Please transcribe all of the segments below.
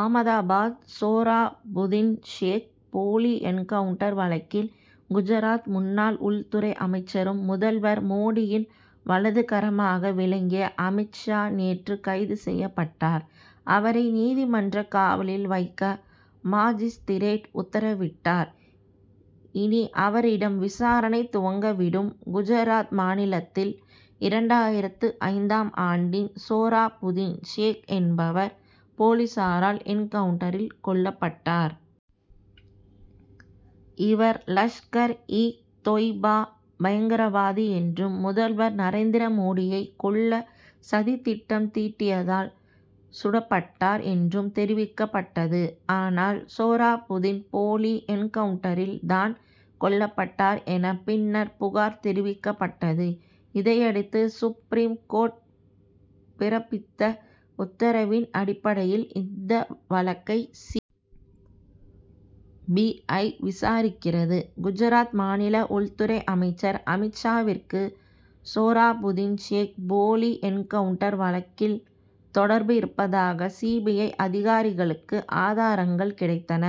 ஆமதாபாத் சொராபுதீன் ஷேக் போலி என்கவுன்டர் வழக்கில், குஜராத் முன்னாள் உள்துறை அமைச்சரும் முதல்வர் மோடியின் வலதுகரமாக விளங்கிய அமீத் ஷா நேற்று கைது செய்யப்பட்டார். அவரை, நீதிமன்றக் காவலில் வைக்க மாஜிஸ்திரேட் உத்தரவிட்டார். இனி அவரிடம் விசாரணை துவங்கி விடும். குஜராத் மாநிலத்தில், இரண்டாயிரத்து ஐந்தாம் ஆண்டில் சொராபுதீன் ஷேக் என்பவர் போலீசாரால் என்கவுன்டரில் கொல்லப்பட்டார். இவர், லஷ்கர் -இ தொய்பா பயங்கரவாதி என்றும், முதல்வர் நரேந்திர மோடியை கொல்ல சதித் திட்டம் தீட்டியதால் சுடப்பட்டார் என்றும் தெரிவிக்கப்பட்டது. ஆனால், சொராபுதீன் போலி என்கவுன்டரில் தான் கொல்லப்பட்டார் என, பின்னர் புகார் தெரிவிக்கப்பட்டது. இதையடுத்து, சுப்ரீம் கோர்ட் பிறப்பித்த உத்தரவின் அடிப்படையில், இந்த வழக்கை சி. பி. ஐ., விசாரிக்கிறது. குஜராத் மாநில உள்துறை அமைச்சர் அமீத் ஷாவிற்கு, சொராபுதீன் ஷேக் போலி என்கவுன்டர் வழக்கில் தொடர்பு இருப்பதாக சி. பி. ஐ., அதிகாரிகளுக்கு ஆதாரங்கள் கிடைத்தன.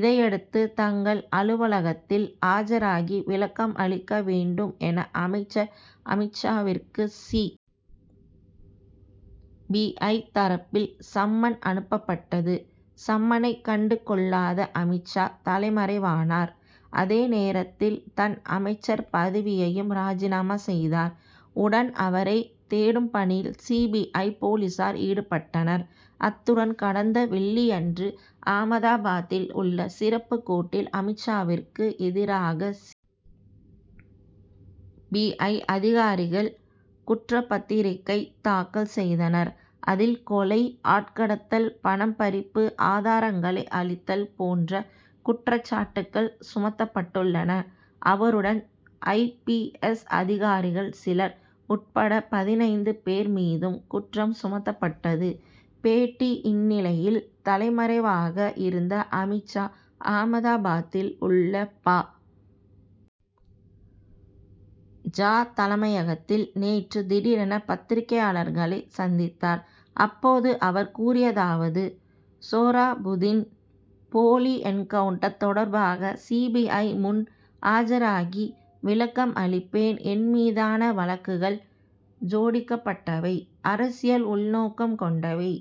இதையடுத்து, தங்கள் அலுவலகத்தில் ஆஜராகி விளக்கம் அளிக்க வேண்டும் என, அமைச்சர் அமீத் ஷாவிற்கு சி. பி. ஐ., தரப்பில் சம்மன் அனுப்பப்பட்டது. சம்மனை கண்டு கொள்ளாத அமீத் ஷா, தலைமறைவானார். அதேநேரத்தில், தன் அமைச்சர் பதவியையும் ராஜினாமா செய்தார். உடன், அவரைத் தேடும் பணியில் சி. பி. ஐ., போலீசார் ஈடுபட்டனர். அத்துடன் கடந்த வெள்ளியன்று ஆமதாபாத்தில் உள்ள சிறப்பு கோர்ட்டில், அமீத் ஷாவிற்கு எதிராக சி. பி. ஐ., அதிகாரிகள் குற்றப்பத்திரிகை தாக்கல் செய்தனர். அதில், கொலை, ஆட்கடத்தல், பணம் பறிப்பு, ஆதாரங்களை அழித்தல் போன்ற குற்றச்சாட்டுக்கள் சுமத்தப்பட்டுள்ளன. அவருடன் ஐ. பி. எஸ்., அதிகாரிகள் சிலர் உட்பட பதினைந்து பேர் மீதும் குற்றம் சுமத்தப்பட்டது. பேட்டி இந்நிலையில், தலைமறைவாக இருந்த அமீத் ஷா, ஆமதாபாத்தில் உள்ள பா. ஜ., தலைமையகத்தில் நேற்று திடீரென பத்திரிகையாளர்களைச் சந்தித்தார். அப்போது அவர் கூறியதாவதுசொராபுதீன் போலி என்கவுன்டர் தொடர்பாக, சி. பி. ஐ., முன் ஆஜராகி விளக்கம் அளிப்பேன். என் மீதான வழக்குகள் ஜோடிக்கப்பட்டவை. அரசியல் உள்நோக்கம் கொண்டவை.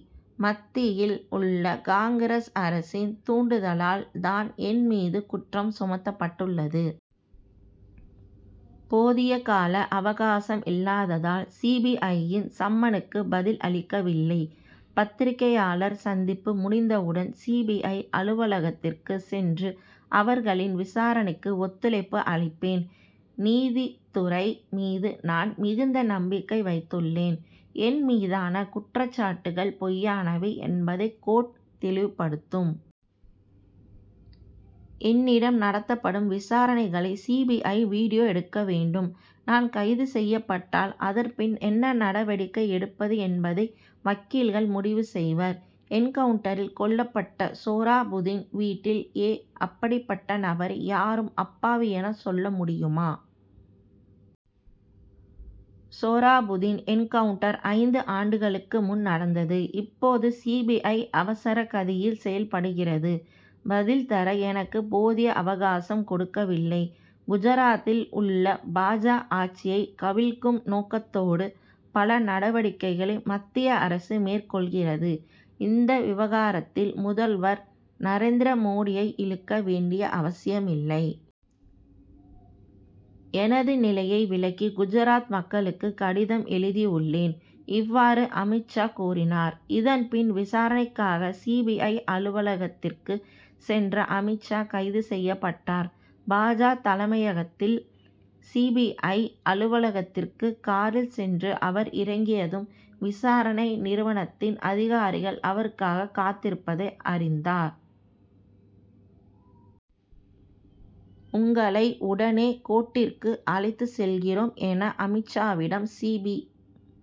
மத்தியில் உள்ள காங்கிரஸ் அரசின் தூண்டுதலால் தான் என் மீது குற்றம் சுமத்தப்பட்டுள்ளது. போதிய கால அவகாசம் இல்லாததால், சி. பி. ஐ.,யின் சம்மனுக்கு பதில் அளிக்கவில்லை. பத்திரிகையாளர் சந்திப்பு முடிந்தவுடன் சி. பி. ஐ., அலுவலகத்திற்கு சென்று, அவர்களின் விசாரணைக்கு ஒத்துழைப்பு அளிப்பேன். நீதித்துறை மீது நான் மிகுந்த நம்பிக்கை வைத்துள்ளேன். என் மீதான குற்றச்சாட்டுக்கள் பொய்யானவை என்பதை கோர்ட் தெளிவுபடுத்தும். என்னிடம் நடத்தப்படும் விசாரணைகளை சி. பி. ஐ., வீடியோ எடுக்க வேண்டும். நான் கைது செய்யப்பட்டால், அதன் பின் என்ன நடவடிக்கை எடுப்பது என்பதை வக்கீல்கள் முடிவு செய்வர். என்கவுன்டரில் கொல்லப்பட்ட சொராபுதீன் வீட்டில் ஏ. அப்படிப்பட்ட நபரை யாரும் அப்பாவி என சொல்ல முடியுமா? சொராபுதீன் என்கவுன்டர் ஐந்து ஆண்டுகளுக்கு முன் நடந்தது. இப்போது சி. பி. ஐ., அவசர கதியில் செயல்படுகிறது. பதில் தர எனக்கு போதிய அவகாசம் கொடுக்கவில்லை. குஜராத்தில் உள்ள பா. ஜ., ஆட்சியை கவிழ்க்கும் நோக்கத்தோடு பல நடவடிக்கைகளை மத்திய அரசு மேற்கொள்கிறது. இந்த விவகாரத்தில் முதல்வர் நரேந்திர மோடியை இழுக்க வேண்டிய அவசியம் இல்லை. எனது நிலையை விளக்கி குஜராத் மக்களுக்கு கடிதம் எழுதியுள்ளேன். இவ்வாறு அமீத் ஷா கூறினார். இதன்பின் விசாரணைக்காக சி. பி. ஐ., அலுவலகத்திற்கு சென்ற அமீத் ஷா, கைது செய்யப்பட்டார். பா. ஜ., தலைமையகத்திலிருந்து சி. பி. ஐ., அலுவலகத்திற்கு காரில் சென்று அவர் இறங்கியதும், விசாரணை நிறுவனத்தின் அதிகாரிகள் அவருக்காக காத்திருப்பதை அறிந்தார். உங்களை உடனே கோர்ட்டிற்கு அழைத்துச் செல்கிறோம் என, அமீத் ஷாவிடம் சி. பி.